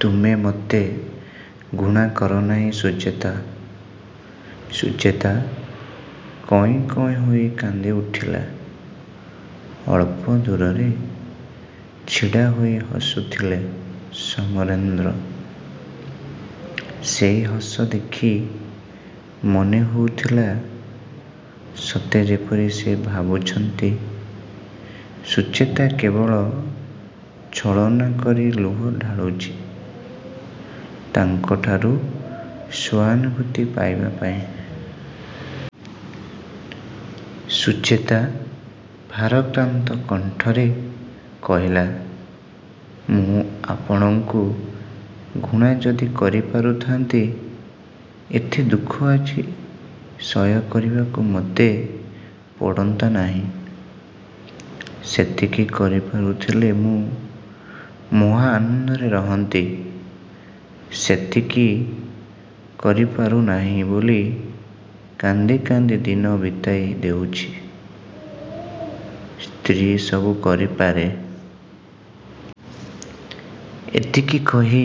ତୁମେ ମୋତେ ଘୃଣା କରନାହିଁ ସୁଚେତା? '' ସୁଚେତା କଇଁ କଇଁ ହୋଇ କାନ୍ଦିଉଠିଲା। ଅଳ୍ପ ଦୂରରେ ଛିଡ଼ାହୋଇ ହସୁଥିଲେ ସମରେନ୍ଦ୍ର। ସେହି ହସ ଦେଖି ମନେହେଉଥିଲା ସତେ ଯେପରି ସେ ଭାବୁଛନ୍ତି ସୁଚେତା କେବଳ ଛଳନା କରି ଲୁହ ଢାଳୁଛି ତାଙ୍କଠାରୁ ସହାନୁଭୂତି ପାଇବା ପାଇଁ। ସୁଚେତା ଭାରାକ୍ରାନ୍ତ କଣ୍ଠରେ କହିଲା ''ମୁଁ ଆପଣଙ୍କୁ ଘୃଣା ଯଦି କରିପାରୁଥାନ୍ତି ଏତେ ଦୁଃଖ ଆଜି ସହ୍ୟ କରିବାକୁ ମୋତେ ପଡ଼ନ୍ତା ନାହିଁ। ସେତିକି କରିପାରୁଥିଲେ ମୁଁ ମହାଆନନ୍ଦରେ ରହନ୍ତି। ସେତିକି କରିପାରୁନାହିଁ ବୋଲି କାନ୍ଦି କାନ୍ଦି ଦିନ ବିତାଇ ଦେଉଛି। ''ସ୍ତ୍ରୀ ସବୁ କରିପାରେ। '' ଏତିକି କହି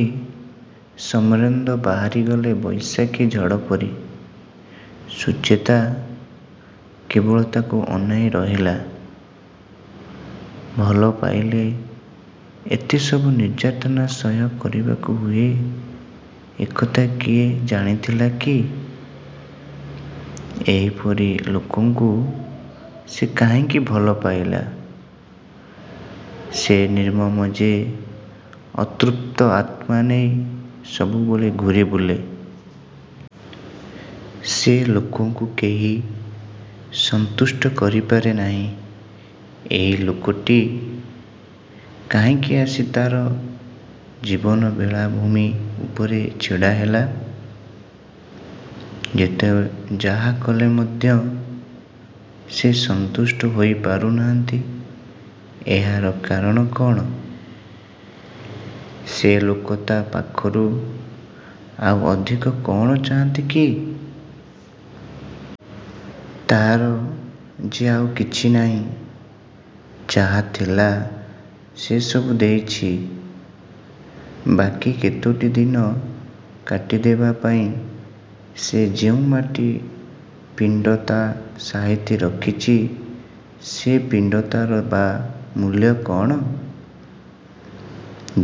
ସମରେନ୍ଦ୍ର ବାହାରିଗଲେ ବୈଶାଖୀ ଝଡ଼ ପରି। ସୁଚେତା କେବଳ ତାଙ୍କୁ ଅନାଇ ରହିଲା। ଭଲ ପାଇଲେ ଏତେ ସବୁ ନିର୍ଯ୍ୟାତନା ସହ୍ୟ କରିବାକୁ ହୁଏ ଏକଥା କିଏ ଜାଣିଥିଲା କି-? ଏହିପରି ଲୋକକୁ ସେ କାହିଁକି ଭଲପାଇଲା? ଯେ ନିର୍ମମ ଯେ ଅତୃପ୍ତ ଆତ୍ମା ନେଇ ସବୁବେଳେ ଘୂରିବୁଲେ। ସେ ଲୋକକୁ କେହି ସନ୍ତୁଷ୍ଟ କରିପାରେ ନାହିଁ। ଏହି ଲୋକଟି କାହିଁକି ଆସି ତା'ର ଜୀବନର ବେଳାଭୂମି ଉପରେ ଛିଡ଼ାହେଲା? ଯେତେ ଯାହାକଲେ ମଧ୍ୟ ସେ ଯେ ସନ୍ତୁଷ୍ଟ ହୋଇ ପାରୁନାହାନ୍ତି ଏହାର କାରଣ କ'ଣ? ସେ ଲୋକ ତା' ପାଖରୁ ଆଉ ଅଧିକ କ'ଣ ଚାହାଁନ୍ତି କି? ତା'ର ଯେ ଆଉ କିଛିନାହିଁ। ଯାହାଥିଲା ସେ ସବୁ ଦେଇଛି। ବାକି କେତୋଟି ଦିନ କାଟିଦେବା ପାଇଁ ସେ ଯେଉଁ ମାଟି ପିଣ୍ଡଟା ସାଇତି ରଖିଛି ସେ ପିଣ୍ଡଟାର ବା ମୂଲ୍ୟ କ'ଣ?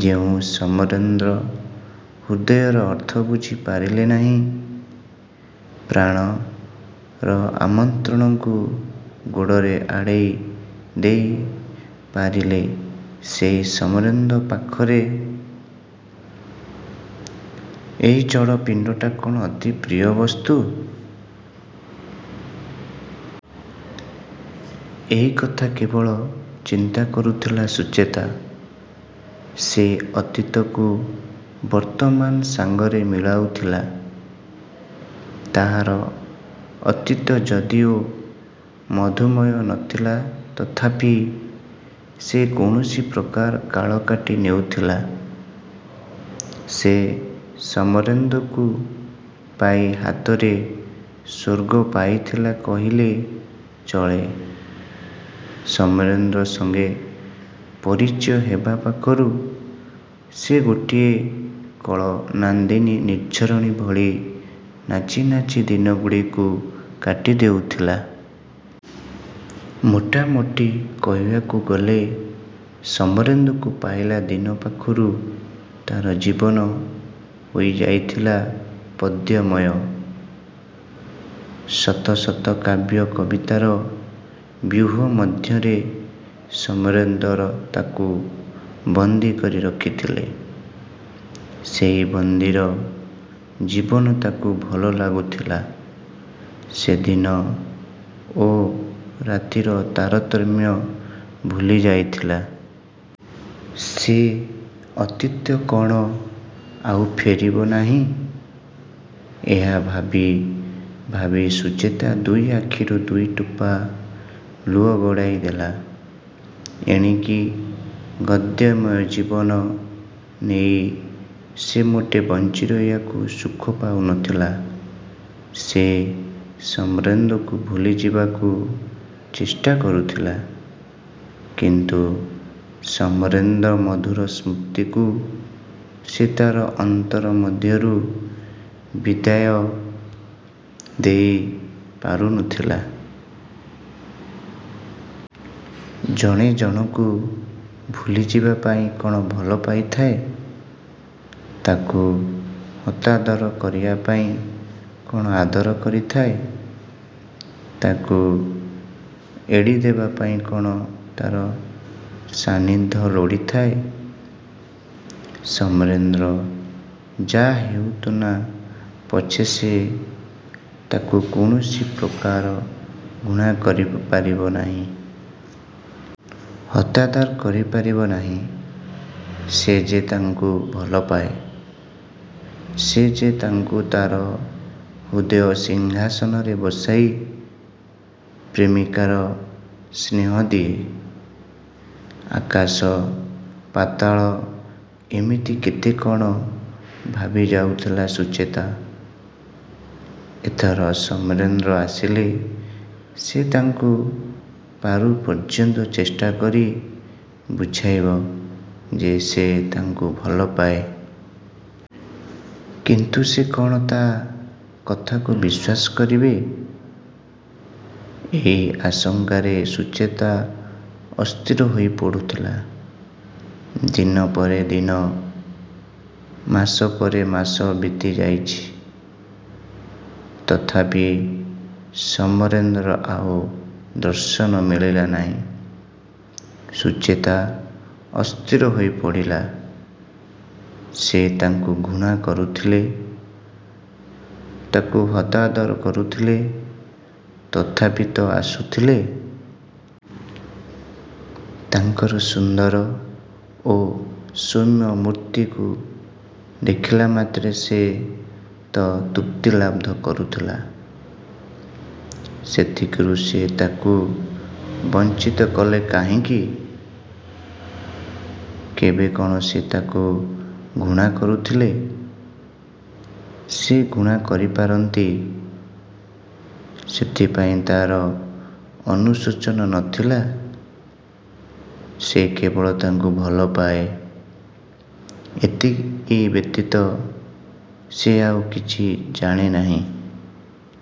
ଯେଉଁ ସମରେନ୍ଦ୍ର ହୃଦୟର ଅର୍ଥ ବୁଝି ପାରିଲେ ନାହିଁ, ପ୍ରାଣର ଆମନ୍ତ୍ରଣକୁ ଗୋଡ଼ରେ ଆଡ଼େଇ ଦେଇ ପାରିଲେ ସେହି ସମରେନ୍ଦ୍ର ପାଖରେ ଏହି ଜଡ଼ ପିଣ୍ଡଟା କ'ଣ ଅତି ପ୍ରିୟବସ୍ତୁ? ଏହି କଥା କେବଳ ଚିନ୍ତା କରୁଥିଲା ସୁଚେତା। ସେ ଅତୀତକୁ ବର୍ତ୍ତମାନ ସାଙ୍ଗରେ ମିଳାଉଥିଲା। ତାହାର ଅତୀତ ଯଦିଓ ମଧୁମୟ ନ ଥିଲା ତଥାପି ସେ କୌଣସି ପ୍ରକାରେ କାଳକାଟି ନେଉଥିଲା। ସେ ସମରେନ୍ଦ୍ରକୁ ପାଇ ହାତରେ ସ୍ୱର୍ଗ ପାଇଥିଲା କହିଲେ ଚଳେ। ସମରେନ୍ଦ୍ର ସଙ୍ଗେ ପରିଚୟ ହେବା ପାଖରୁ ସେ ଗୋଟିଏ କଳନାଦିନୀ ନିର୍ଝରିଣୀ ଭଳି ନାଚି ନାଚି ଦିନଗୁଡ଼ିକ କାଟି ଦେଉଥିଲା। ମୋଟାମୋଟି କହିବାକୁ ଗଲେ ସମରେନ୍ଦ୍ରକୁ ପାଇଲା ଦିନ ପାଖରୁ ତା'ର ଜୀବନ ହୋଇଯାଇଥିଲା ପଦ୍ୟମୟ। ଶତ ଶତ କାବ୍ୟ କବିତାର ବ୍ୟୁହ ମଧ୍ୟରେ ସମରେନ୍ଦ୍ର ତାକୁ ବନ୍ଦୀକରି ରଖିଥିଲେ। ସେହି ବନ୍ଦୀର ଜୀବନ ତାକୁ ଭଲ ଲାଗୁଥିଲା। ସେ ଦିନ ଓ ରାତିର ତାରତମ୍ୟ ଭୁଲି ଯାଇଥିଲା। ସେ ଅତୀତ କ'ଣ ଆଉ ଫେରିବ ନାହିଁ? ଏହା ଭାବି ଭାବି ସୁଚେତା ଦୁଇ ଆଖିରୁ ଦୁଇ ଟୋପା ଲୁହ ଗଡ଼ାଇ ଦେଲା। ଏଣିକି ଗଦ୍ୟମୟ ଜୀବନ ନେଇ ସେ ମୋଟେ ବଞ୍ଚିରହିବାକୁ ସୁଖ ପାଉନଥିଲା। ସେ ସମରେନ୍ଦ୍ରକୁ ଭୁଲି ଯିବାକୁ ଚେଷ୍ଟା କରୁଥିଲା; କିନ୍ତୁ ସମରେନ୍ଦ୍ରର ମଧୁର ସ୍ମୃତିକୁ ସେ ତା'ର ଅନ୍ତର ମଧ୍ୟରୁ ବିଦାୟ ଦେଇ ପାରୁନଥିଲା। ଜଣେ ଜଣକୁ ଭୁଲି ଯିବା ପାଇଁ କ'ଣ ଭଲ ପାଇଥାଏ? ତାକୁ ହତାଦର କରିବା ପାଇଁ କ'ଣ ଆଦର କରିଥାଏ? ତାକୁ ଏଡ଼ିଦେବା ପାଇଁ କ'ଣ ତା'ର ସାନିଧ୍ୟ ଲୋଡ଼ିଥାଏ? ସମରେନ୍ଦ୍ର ଯାହା ହେଉନ୍ତୁନା ପଛେ ସେ ତାଙ୍କୁ କୌଣସି ପ୍ରକାରେ ଘୃଣା କରିପାରିବ ନାହିଁ। ହତାଦର କରିପାରିବ ନାହିଁ। ସେ ଯେ ତାଙ୍କୁ ଭଲପାଏ। ସେ ଯେ ତାଙ୍କୁ ତା'ର ହୃଦୟ ସିଂହାସନରେ ବସାଇ ପ୍ରେମିକର ସ୍ନେହ ଦିଏ। ଆକାଶ, ପାତାଳ ଏମିତି କେତେ କ'ଣ ଭାବିଯାଉଥିଲା ସୁଚେତା। ଏଥର ସମରେନ୍ଦ୍ର ଆସିଲେ ସେ ତାଙ୍କୁ ପାରୁପର୍ଯ୍ୟନ୍ତ ଚେଷ୍ଟାକରି ବୁଝାଇବ ଯେ ସେ ତାଙ୍କୁ ଭଲପାଏ। କିନ୍ତୁ ସେ କ'ଣ ତା' କଥାକୁ ବିଶ୍ୱାସ କରିବେ? ଏହି ଆଶଙ୍କାରେ ସୁଚେତା ଅସ୍ଥିର ହୋଇପଡ଼ୁଥିଲା। ଦିନ ପରେ ଦିନ, ମାସ ପରେ ମାସ ବିତିଯାଇଛି। ତଥାପି ସମରେନ୍ଦ୍ରର ଆଉ ଦର୍ଶନ ମିଳିଲା ନାହିଁ। ସୁଚେତା ଅସ୍ଥିର ହୋଇପଡ଼ିଲା। ସେ ତାକୁ ଘୃଣା କରୁଥିଲେ, ତାକୁ ହତାଦର କରୁଥିଲେ, ତଥାପି ତ ଆସୁଥିଲେ। ତାଙ୍କର ସୁନ୍ଦର ଓ ସୌମ୍ୟ ମୂର୍ତ୍ତିକୁ ଦେଖିଲାମାତ୍ରେ ସେ ତ ତୃପ୍ତିଲାଭ କରୁଥିଲା। ସେତିକିରୁ ସେ ତାକୁ ବଞ୍ଚିତ କଲେ କାହିଁକି? କେବେ କ'ଣ ସେ ତାକୁ ଘୃଣା କରୁଥିଲେ? ସେ ଘୃଣା କରିପାରନ୍ତି, ସେଥିପାଇଁ ତା'ର ଅନୁଶୋଚନା ନ ଥିଲା। ସେ କେବଳ ତାଙ୍କୁ ଭଲପାଏ, ଏତିକି ବ୍ୟତୀତ ସେ ଆଉ କିଛି ଜାଣେ ନାହିଁ।